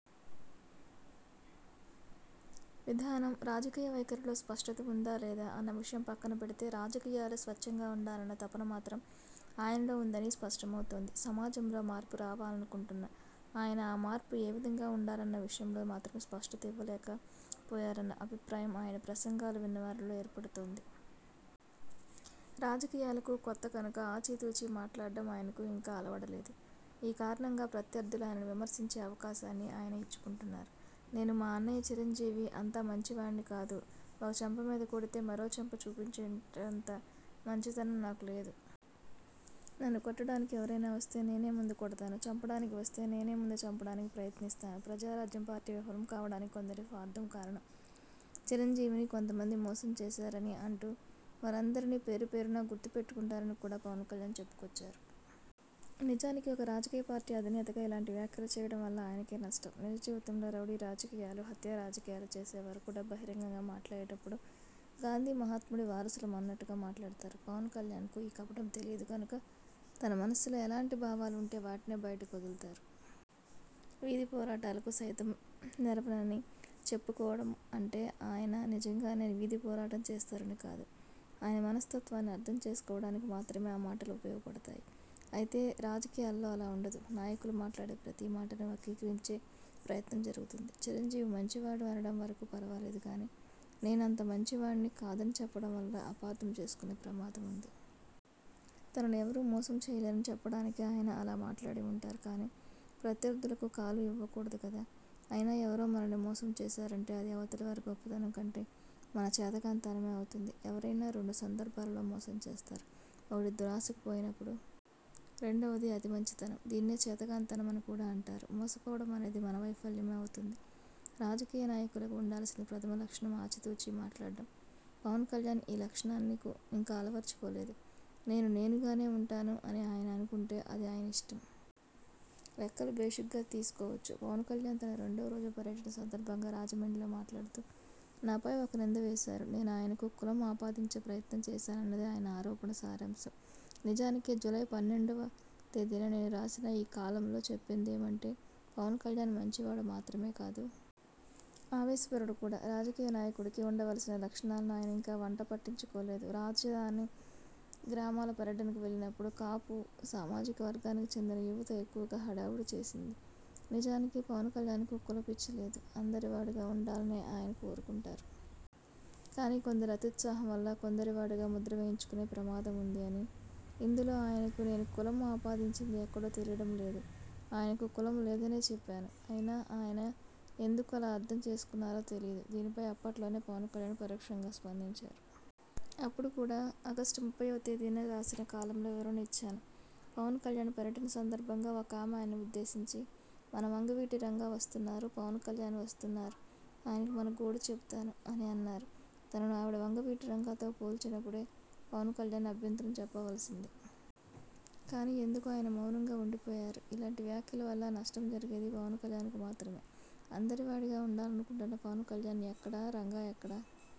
విధానం, రాజకీయ వైఖరిలో స్పష్టత ఉందా? లేదా? అన్న విషయం పక్కన పెడితే, రాజకీయాలు స్వచ్ఛంగా ఉండాలన్న తపన మాత్రం ఆయనలో ఉందని స్పష్టమవుతోంది. సమాజంలో మార్పు రావాలనుకుంటున్న ఆయన ఆ మార్పు ఏ విధంగా ఉండాలన్న విషయంలో మాత్రం స్పష్టత ఇవ్వలేక పోయారన్న అభిప్రాయం ఆయన ప్రసంగాలు విన్న వారిలో ఏర్పడుతుంది. రాజకీయాలకు కొత్త కనుక ఆచి తూచి మాట్లాడటం ఆయనకు ఇంకా అలవడలేదు. ఈ కారణంగా ప్రత్యర్థులు తనను విమర్శించే అవకాశాన్ని ఆయన ఇచ్చుకుంటున్నారు. ''నేను మా అన్నయ్య చిరంజీవి అంత మంచివాడిని కాదు, ఒక చెంప మీద కొడితే మరో చెంప చూపించేటంత మంచితనం నాకు లేదు. నన్ను కొట్టడానికి ఎవరైనా వస్తే నేనే ముందు కొడతాను. చంపడానికి వస్తే నేను ముందు చంపడానికి ప్రయత్నిస్తాను. ప్రజారాజ్యం పార్టీ విఫలం కావడానికి కొందరి స్వార్థం కారణం. చిరంజీవిని కొంతమంది మోసం చేశారు'' అని అంటూ వారందరినీ పేరు పేరునా గుర్తు పెట్టుకుంటానని కూడా పవన్ కల్యాణ్ చెప్పుకొచ్చారు. నిజానికి ఒక రాజకీయ పార్టీ అధినేతగా ఇలాంటి వ్యాఖ్యలు చేయడం వల్ల ఆయనకే నష్టం. నిజ జీవితంలో రౌడీ రాజకీయాలు, హత్యా రాజకీయాలు చేసేవారు కూడా బహిరంగంగా మాట్లాడేటప్పుడు గాంధీ మహాత్ముడి వారసులం అన్నట్టుగా మాట్లాడతారు. పవన్ కల్యాణ్కు ఈ కపటం తెలియదు కనుక తన మనస్సులో ఎలాంటి భావాలు ఉంటే వాటినే బయటకు వదులుతారు. వీధి పోరాటాలకు సైతం నెరవనని చెప్పుకోవడం అంటే ఆయన నిజంగానే వీధి పోరాటం చేస్తారని కాదు. ఆయన మనస్తత్వాన్ని అర్థం చేసుకోవడానికి మాత్రమే ఆ మాటలు ఉపయోగపడతాయి. అయితే రాజకీయాలలో అలా ఉండదు. నాయకులు మాట్లాడే ప్రతీ మాటను వక్రీకరించే ప్రయత్నం జరుగుతుంది. చిరంజీవి మంచివాడు అనడం వరకు ఫర్వాలేదు గానీ, నేను అంత మంచివాడిని కాదని చెప్పడం వల్ల అపార్థం చేసుకునే ప్రమాదం ఉంది. తనను ఎవరూ మోసం చేయలేరని చెప్పడానికి ఆయన అలా మాట్లాడి ఉంటారు. కానీ ప్రత్యర్థులకు కాలు ఇవ్వకూడదు కదా! అయినా ఎవరో మనల్ని మోసం చేశారంటే అది అవతలివారి గొప్పతనం కంటే మన చేతకానితనమే అవుతుంది. ఎవరైనా రెండు సందర్భాలలో మోసం చేస్తారు. ఒకటి, దురాశకు పోయినప్పుడు. రెండవది, అతి మంచితనం. దీన్నే చేతకానితనం అని కూడా అంటారు. మోసపోవడం అనేది మన వైఫల్యమే అవుతుంది. రాజకీయ నాయకులకు ఉండాల్సిన ప్రథమ లక్షణం ఆచి తూచి మాట్లాడటం! పవన్ కల్యాణ్ ఈ లక్షణాన్ని ఇంకా అలవర్చుకోలేదు. నేను నేనుగానే ఉంటాను అని ఆయన అనుకుంటే అది ఆయన ఇష్టం! లెక్కలు భేషుగ్గా తీసుకోవచ్చు! పవన్ కల్యాణ్ తన రెండవ రోజు పర్యటన సందర్భంగా రాజమండ్రిలో మాట్లాడుతూ, నాపై ఒక నింద వేశారు. నేను ఆయనకు కులం ఆపాదించే ప్రయత్నం చేశానన్నది ఆయన ఆరోపణ సారాంశం. నిజానికి జూలై పన్నెండువ తేదీన నేను రాసిన ఈ కాలమ్లో చెప్పిందేమిటంటే, ''పవన్ కల్యాణ్ మంచివాడు మాత్రమే కాదు. ఆవేశపరుడు కూడా. రాజకీయ నాయకుడికి ఉండవలసిన లక్షణాలను ఆయన ఇంకా వంట పట్టించుకోలేదు. రాజధాని గ్రామాల పర్యటనకు వెళ్లినప్పుడు కాపు సామాజిక వర్గానికి చెందిన యువత ఎక్కువగా హడావుడి చేసింది. నిజానికి పవన్ కల్యాణ్కు కుల పిచ్చి లేదు. అందరి వాడుగా ఉండాలనే ఆయన కోరుకుంటారు. కానీ కొందరి అత్యుత్సాహం వల్ల కొందరి వాడుగా ముద్ర వేయించుకునే ప్రమాదం ఉంది అని! ఇందులో ఆయనకు నేను కులం ఆపాదించింది ఎక్కడో తెలియడం లేదు. ఆయనకు కులం లేదనే చెప్పాను. అయినా ఆయన ఎందుకు అలా అర్థం చేసుకున్నారో తెలియదు. దీనిపై అప్పట్లోనే పవన్ కల్యాణ్ పరోక్షంగా స్పందించారు. అప్పుడు కూడా, ఆగస్టు ముప్పైవ తేదీన రాసిన కాలమ్లో వివరణ ఇచ్చాను. ''పవన్ కల్యాణ్ పర్యటన సందర్భంగా ఒకామె ఆయనను ఉద్దేశించి, 'మన వంగవీటి రంగా వస్తున్నారు. పవన్ కల్యాణ్ వస్తున్నారు. ఆయనకు మన గోడు చెబుతాను' అని అన్నారు. తనను ఆవిడ వంగవీటి రంగాతో పోల్చినప్పుడే పవన్ కల్యాణ్ అభ్యంతరం చెప్పవలసింది. కానీ ఎందుకో ఆయన మౌనంగా ఉండిపోయారు. ఇలాంటి వ్యాఖ్యల వల్ల నష్టం జరిగేది పవన్ కల్యాణ్కు మాత్రమే! అందరి వాడిగా ఉండాలనుకుంటున్న పవన్ కల్యాణ్ ఎక్కడ? రంగా ఎక్కడ?